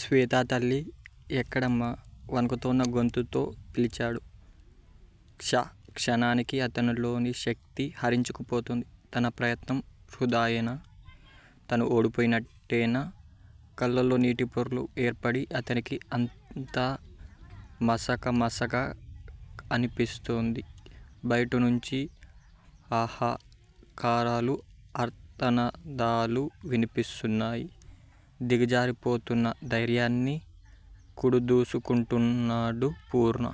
శ్వేతా! తల్లీ! ఎక్కడమ్మా! వణుకుతోన్న గొంతుతో పిలిచాడు. క్షణ క్షణానికి అతనిలోని శక్తి హరించుకుపోతోంది. తన ప్రయత్నం వృధాయేనా? తను ఓడిపోయినట్టేనా? కళ్ళల్లో నీటి పొరలు ఏర్పడి అతనికి అంతా మసక మసక అనిపిస్తోంది. బయట నుంచి హాహాకారాలు, ఆర్తనాదాలూ వినిపిస్తున్నాయి. దిగజారిపోతున్న ధైర్యాన్ని కుడదీసుకుంటున్నాడు పూర్ణ.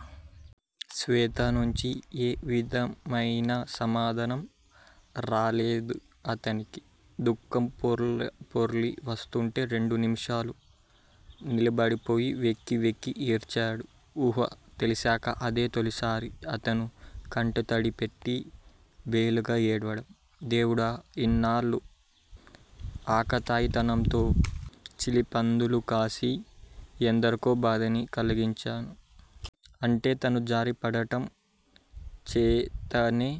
శ్వేత నుంచి ఏ విధమయిన సమాధానం రాలేదు అతనికి. దుఃఖం పొర్లి పొర్లి వస్తుంటే రెండు నిమిషాలు నిలబడిపోయి వెక్కి వెక్కి ఏడ్చాడు. ఊహ తెలిశాక అదే తొలిసారి అతను కంటతడి పెట్టి బేలగా ఏడ్వడం. దేవుడా! ఇన్నాళ్ళూ ఆకతాయితనంతో చిలిపందులు కాసి ఎందరికో బాధని కలిగించాను. అంటే తను జారిపడటం చేతనే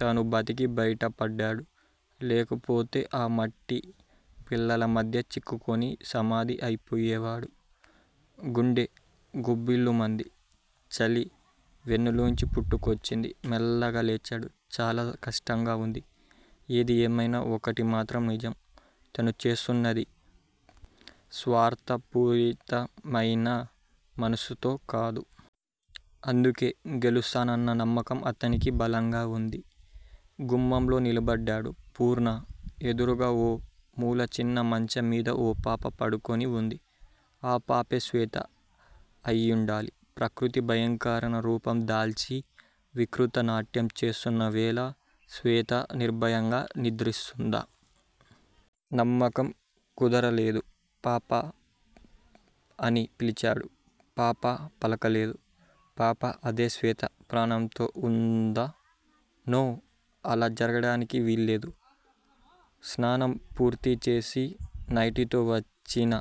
తను బతికి బయటపడ్డాడు. లేకపోతే ఆ మట్టి పెళ్ళల మధ్య చిక్కుకుని సమాధి అయిపోయేవాడు. గుండె గుభిల్లుమంది. చలి వెన్నులోంచి పుట్టుకొచ్చింది. మెల్లగా లేచాడు. చాలా కష్టంగా వుంది. ఏది ఏమైనా ఒకటి మాత్రం నిజం. తను చేస్తున్నది స్వార్ధపూరితమయిన మనసుతో కాదు. అందుకె గెలుస్తానన్న నమ్మకం అతనికి బలంగా వుంది. గుమ్మంలో నిలబడ్డాడు పూర్ణ. ఎదురుగా ఓ మూల చిన్న మంచం మీద ఓ పాప పడుకొని వుంది. ఆ పాపే శ్వేత అయ్యుండాలి. ప్రకృతి భయంకరనా రూపం దాల్చి వికృత నాట్యం చేస్తున్న వేళ శ్వేత నిర్భయంగా నిద్రిస్తుందా? నమ్మకం కుదరలేదు. పా పా అని పిలిచాడు. పాప పలకలేదు. పాప అదే శ్వేత ప్రాణంతో వుందా! నో! అలా జరగడానికి వీల్లేదు. స్నానం పూర్తీచేసి, నైటితో వచ్చిన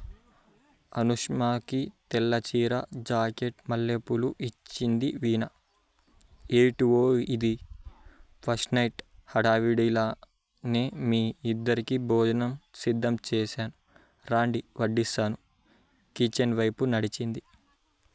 అనూష్మాకి తెల్ల చీర, జాకెట్, మల్లెపూలు ఇచ్చింది వీణ. ఏవిటోయ్ ఇది? ఫస్ట్ నైట్ హడావుడిలా మీ ఇద్దరికీ బోజనం సిద్దం చేశాను రండి వడ్డిస్తాను కిచెన్ వైపు నడిచింది.